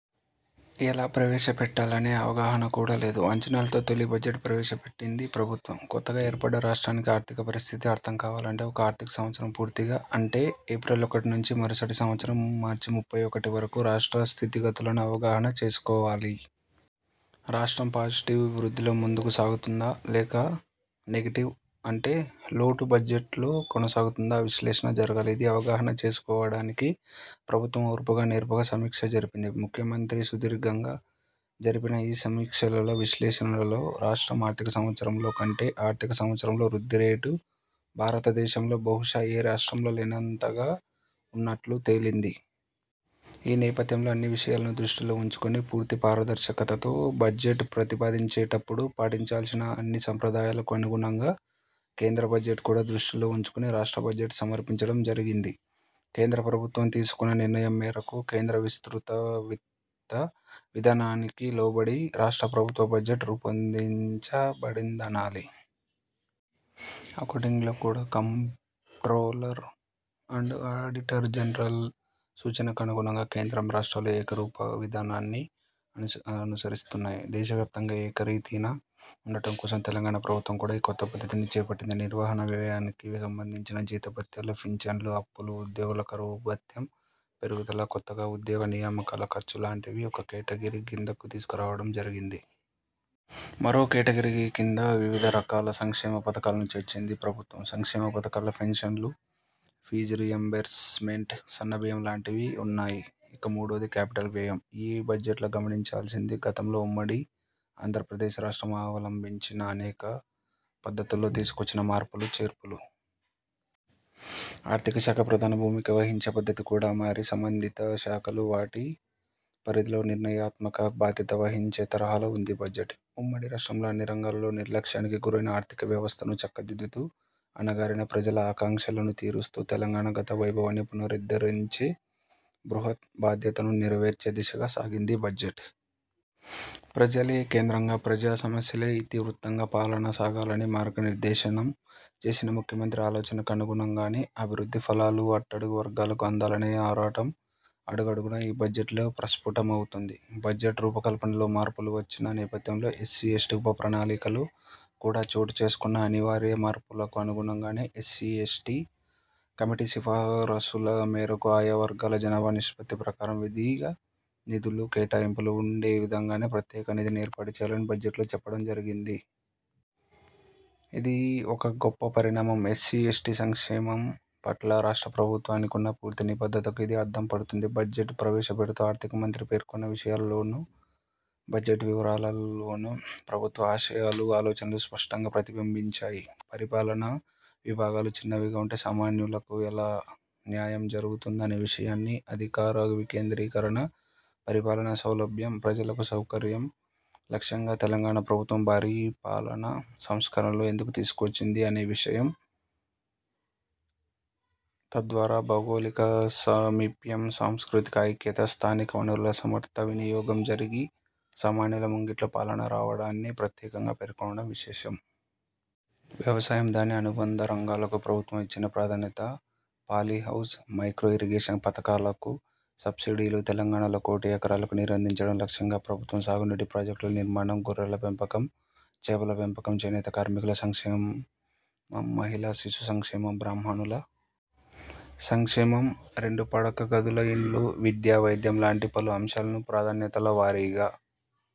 ఎలా ప్రవేశపెట్టాలనే అవగాహన కూడా లేదు. అంచనాలతో తొలి బడ్జెట్ ప్రవేశ పెట్టిందీ ప్రభుత్వం. కొత్తగా ఏర్పడ్డ రాష్ట్రానికి ఆర్థిక పరిస్థితి అర్థం కావాలంటే ఒక ఆర్థిక సంవత్సరం పూర్తిగా, అంటే, ఏప్రిల్ ఒకటి నుంచి మరుసటి సంవత్సరం మార్చి ముప్పై ఒకటి వరకు, రాష్ట్ర స్థితిగతులను అవగాహన చేసుకోవాలి. రాష్ట్రం పాజిటివ్ వృద్ధిలో ముందుకు సాగుతుందా, లేక, నెగెటివ్, అంటే లోటు బడ్జెట్లో కొనసాగుతుందా విశ్లేషణ జరగాలి. ఇది అవగాహన చేసుకోవడానికి ప్రభుత్వం ఓర్పుగా, నేర్పుగా సమీక్ష జరిపింది. ముఖ్యమంత్రి సుదీర్ఘంగా జరిపిన ఈ సమీక్షలలో, విశ్లేషణలలో, రాష్ట్రం ఆర్థిక సంవత్సరంలో కంటే, ఆర్థిక సంవత్సరంలో వృద్ధిరేటు, భారతదేశంలో బహుశా, ఏ రాష్ట్రంలో లేనంతగా వున్నట్లు తేలింది. ఈ నేపథ్యంలో, అన్ని విషయాలను దృష్టిలో వుంచుకుని, పూర్తి పారదర్శకతతో, బడ్జెట్ ప్రతిపాదించేటప్పుడు పాటించాల్సిన అన్ని సాంప్రదాయాలకు అనుగుణంగా, కేంద్ర బడ్జెట్ కూడా దృష్టిలో వుంచుకుని రాష్ట్ర బడ్జెట్ సమర్పించడం జరిగింది. కేంద్ర ప్రభుత్వం తీసుకున్న నిర్ణయం మేరకు, కేంద్ర విస్తృత విత్త విధానానికి లోబడి రాష్ట్ర ప్రభుత్వ బడ్జెట్ రూపొందించబడిందనాలి. అకౌంటింగ్లో కూడా కంప్ట్రోలర్ అండ్ ఆడిటర్ జనరల్ సూచనకు అనుగుణంగా కేంద్రం, రాష్ట్రాలు ఏకరూప విధానాన్ని అనుసరిస్తున్నాయి. దేశ వ్యాప్తంగా ఏకరీతిన ఉండటం కోసం తెలంగాణ ప్రభుత్వం కూడా ఈ కొత్త పద్ధతిని చేపట్టింది. నిర్వహణ వ్యయానికి సంబంధించిన జీతభత్యాలు, పింఛన్లు, అప్పులు, ఉద్యోగుల కరవు భత్యం పెరుగుదల, కొత్తగా ఉద్యోగ నియామకాల ఖర్చు లాంటివి ఒక కేటగిరీ కిందకు తీసుకురావడం జరిగింది. మరో కేటగిరీ కింద వివిధ రకాల సంక్షేమ పథకాలను చేర్చింది ప్రభుత్వం. సంక్షేమ పథకాల్లో పెన్షన్లు, ఫీజు రీయింబర్స్ మెంట్, సన్న బియ్యం లాంటివి వున్నాయి. ఇక మూడోది క్యాపిటల్ వ్యయం. ఈ బడ్జెట్లో గమనించాల్సింది, గతంలో ఉమ్మడి ఆంధ్రప్రదేశ్ రాష్ట్రం అవలంబించిన అనేక పద్ధతుల్లో తీసుకొచ్చిన మార్పులు, చేర్పులు. ఆర్థిక శాఖ ప్రధాన భూమిక వహించే పద్ధతి కూడా మారి, సంబంధిత శాఖలు వాటి, పరిధిలో నిర్ణయాత్మక బాధ్యత వహించే తరహాలో వుందీ బడ్జెట్. ఉమ్మడి రాష్ట్రంలో అన్ని రంగాలలో నిర్లక్ష్యానికి గురైన ఆర్థిక వ్యవస్థను చక్కదిద్దుతూ, అణగారిన ప్రజల ఆకాంక్షలను తీరుస్తూ, తెలంగాణ గత వైభవాన్ని పునరుద్ధరించే బృహత్ బాధ్యతను నెరవేర్చే దిశగా సాగిందీ బడ్జెట్. ప్రజలే కేంద్రంగా, ప్రజా సమస్యలే ఇతి వృత్తంగా పాలన సాగాలని మార్గ నిర్దేశనం చేసిన ముఖ్యమంత్రి ఆలోచనకు అనుగుణంగానే, అభివృద్ధి ఫలాలు అట్టడుగు వర్గాలకు అందాలనే ఆరాటం అడుగడుగునా ఈ బడ్జెట్లో ప్రస్ఫుటమవుతుంది. బడ్జెట్ రూపకల్పనలో మార్పులు వచ్చిన నేపథ్యంలో ఎస్సీ, ఎస్టీ ఉప ప్రణాళికలు కూడా చోటుచేసుకున్న అనివార్య మార్పులకు అనుగుణంగానే, ఎస్సీ, ఎస్టీ కమిటీ సిఫారసుల మేరకు ఆయా వర్గాలకు జనాభా నిష్పత్తి ప్రకారం విధిగా నిధుల కేటాయింపులు ఉండే విధంగానే ప్రత్యేక నిధిని ఏర్పాటు చేయాలని బడ్జెట్లో చెప్పడం జరిగింది. ఇది ఒక గొప్ప పరిణామం. ఎస్సీ, ఎస్టీ సంక్షేమం పట్ల రాష్ట్ర ప్రభుత్వానికున్న పూర్తి నిబద్ధతకు ఇది అద్దం పడుతుంది. బడ్జెట్ ప్రవేశపెడుతూ ఆర్థిక మంత్రి పేర్కొన్న విషయాలలోనూ, బడ్జెట్ వివరాల్లోనూ, ప్రభుత్వ ఆశయాలు, ఆలోచనలు స్పష్టంగా ప్రతిబింబించాయి. పరిపాలనా విభాగాలు చిన్నవిగా వుంటే సామాన్యులకు ఎలా న్యాయం జరుగుతుందనే విషయాన్నీ, అధికార వికేంద్రీకరణ, పరిపాలనా సౌలభ్యం, ప్రజలకు సౌకర్యం లక్ష్యంగా తెలంగాణ ప్రభుత్వం భారీ పాలనా సంస్కరణలు ఎందుకు తీసుకొచ్చింది అనే విషయం, తద్వారా, భౌగోళిక సామీప్యం, సాంస్కృతిక ఐక్యత, స్థానిక వనరుల సమర్థ వినియోగం జరిగి, సామాన్యుల ముంగిట్లో పాలన రావడాన్ని ప్రత్యేకంగా పేర్కొనడం విశేషం. వ్యవసాయం, దాని అనుబంధ రంగాలకు ప్రభుత్వం ఇచ్చిన ప్రాధాన్యత పాలి హౌజ్, మైక్రో ఇరిగేషన్ పథకాలకు సబ్సిడీలు తెలంగాణలో కోటి ఎకరాలకు నీరందించడం లక్ష్యంగా ప్రభుత్వం సాగునీటి ప్రాజెక్టుల నిర్మాణం గొర్రెల పెంపకం చేపల పెంపకం చేనేత కార్మికుల సంక్షేమం మహిళా శిశు సంక్షేమం బ్రాహ్మణుల సంక్షేమం రెండు పడక గదుల ఇండ్లు విద్య వైద్యం లాంటి పలు అంశాలను ప్రాధాన్యతల వారీగా